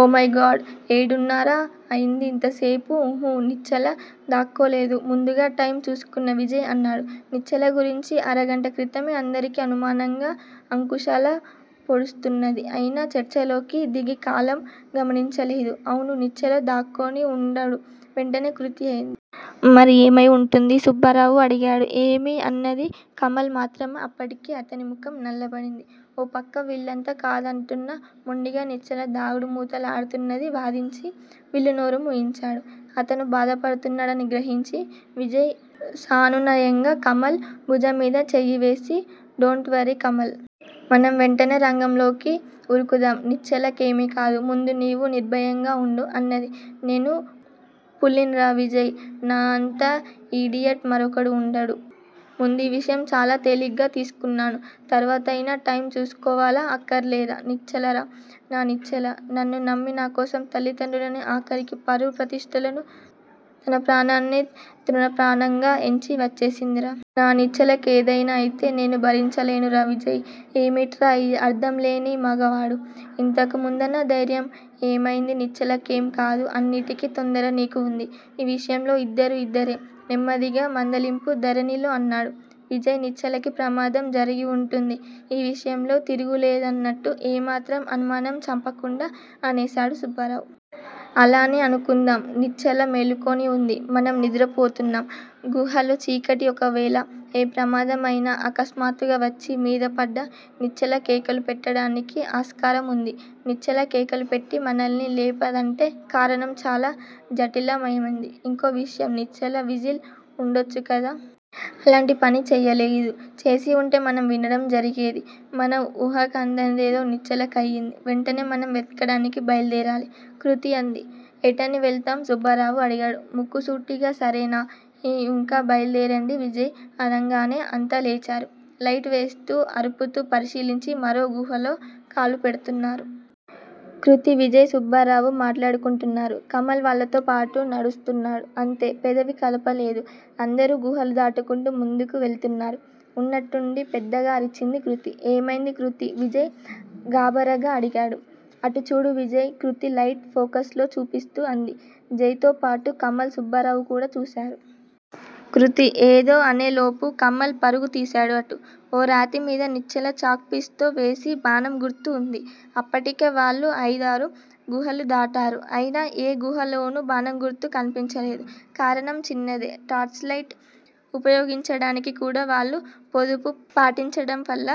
ఓ my god. ఏడున్నర అయింది ఇంతసేపు ఉహో నిశ్చల దాక్కోలేదు ముందుగా టైము చూసుకున్న విజయ్ అన్నాడు. నిశ్చల గురించి అరగంట క్రితమే అందరికీ అనుమానం అంకుశంలా పొడుస్తున్నది. అయినా చర్చలోకి దిగి కాలం గమనించలేదు. అవును నిశ్చల దాక్కొని వుండడు వెంటనే కృతి అంది. మరి ఏమయి వుంటుంది? సుబ్బారావు అడిగాడు. ఏమీ ఆనంది కమల్ మాత్రమే అప్పటికే అతని ముఖం నల్లబడింది ఓపక్క వీళ్ళంతా కాదంటున్నా మొండిగా నిశ్చల దాగుడు మూతలాడుతున్నదని వాదించి వీళ్ళ నోరు మూయించాడు. అతను బాధపడుతున్నాడని గ్రహించిన విజయ్ సానునయంగా కమల్ బుజంమీద చేయివేసి డోంట్ వర్రీ కమల్! మనం వెంటనే రంగంలోకి వురుకుందా. నిశ్చల కేమీకాదు. ముందు నీవు నిర్భయంగా వుండు అన్నాడు. నేను పూల్నిరా విజయ్! నా అంత ఇడియట్ మరొకడు వుండడు. ముందీవిషయం చాలా తేలిగ్గా తీసుకున్నాను. తర్వాతయినా టైము చూసుకోవాలా అక్కరలేదా! నిశ్చలరా. నా నిశ్చల. నన్ను నమ్మి నాకోసం తల్లిని తండ్రిని ఆఖరికి పరువు ప్రతిష్టలను తనప్రాణాన్నితృణప్రాయంగా ఎంచి వచ్చేసిందిరా! నా నిశ్చల కేదైనా అయితే నే భరించలేనురా విజయ్! ఏమిట్రా ఈ అర్ధంలేని మగవాగుడు! ఇంతకుముందున్న ధైర్యం ఏమయింది నిశ్చలకేంకాదు. అన్నింటికీ తొందర నీకూ వుంది. ఈ విషయంలో ఇద్దరూ యిద్దరే నెమ్మదిగా మందలింపు ధోరణిలో అన్నాడు విజయ్. నిశ్చలకి ప్రమాదం జరిగివుంటుంది! ఈ విషయంలో తిరుగులేదన్నట్లు ఏ మాత్రం అనుమానం చంపకుండా అనేశాడు సుబ్బారావు. అలా అనే అనుకుందాం. నిశ్చల మేలుకుని వుంది. మనం నిద్రపోతున్నాం. గుహలో చీకటి ఓ వేళ ఏ ప్రమాదమైన అకస్మాత్తుగా వచ్చి మీదపడ్డా నిశ్చల కేకలు పెట్టటానికి ఆస్కారం వుంది. నిశ్చల కేకల పేట్టి మనల్ని లేపలేదంటే కారణం చాలా జటిల మైనదే. ఇంకో విషయం నిశ్చల విజిల్ వూడవచ్చు కదా? అలాంటి పని చెయ్యలేదు. చేసివుంటే మనం వినడం జరిగేది. మన వూహకందనిదేదో నిశ్చల కయింది. వెంటనే మనం వెతకడానికి బయల్దేరాలి కృతి అంది. ఎటని వెళతాం? సుబ్బారావు అడిగాడు. ముక్కుకు సూటిగా సరేనా? ఊ ఇంక బయల్దేరండి విజయ్ అనంగానే అంతా లేచారు. లైటు వేస్తూ అర్పుతూ పరిశీలించి మరో గుహలో కాలుపెడుతున్నారు. కృతి విజయ్. సుబ్బారావు మాట్లాడుకుంటున్నారు. కమల్ వాళ్ళతోపాటు నడుస్తున్నాడు అంతే పెదవి కదపలేదు. అందరూ గుహలు దాటుకుంటూ ముందుకు వెళుతున్నారు. ఉన్నట్టుండి పెద్దగా అరిచింది కృతి. ఏమైంది కృతీ! విజయ్ గాభరాగా అడిగాడు. అటుచూడు విజయ్! కృతి లైట్ ఫోకస్ లో చూపిస్తూ అంది. జయ్ తో పాటు కమల్ సుబ్బరావు కూడా చూశారు. కృతి ఏదో అనేలోప కమల్ పరుగు తీశాడు అటు. ఓ రాతి మీద నిశ్చల చాక్ పీసుతో వేసిన బాణం గుర్తు ఉంది. అప్పటికే వాళ్ళు అయిదారు గుహాలు దాటారు. అయినా ఏ గుహాలోనూ బాణంగుర్తు కనిపించలేదు. కారణం చిన్నదే. టార్చిలైటు వుపయోగించటానికి కూడా వాళ్ళు పొదుపు పాటించటంవల్ల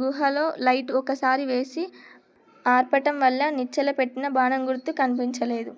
గుహలో లైటు ఒకసారి వేసి అర్పటంవల్ల నిశ్చల పెట్టిన బాణం గుర్తు కనిపించలేదు.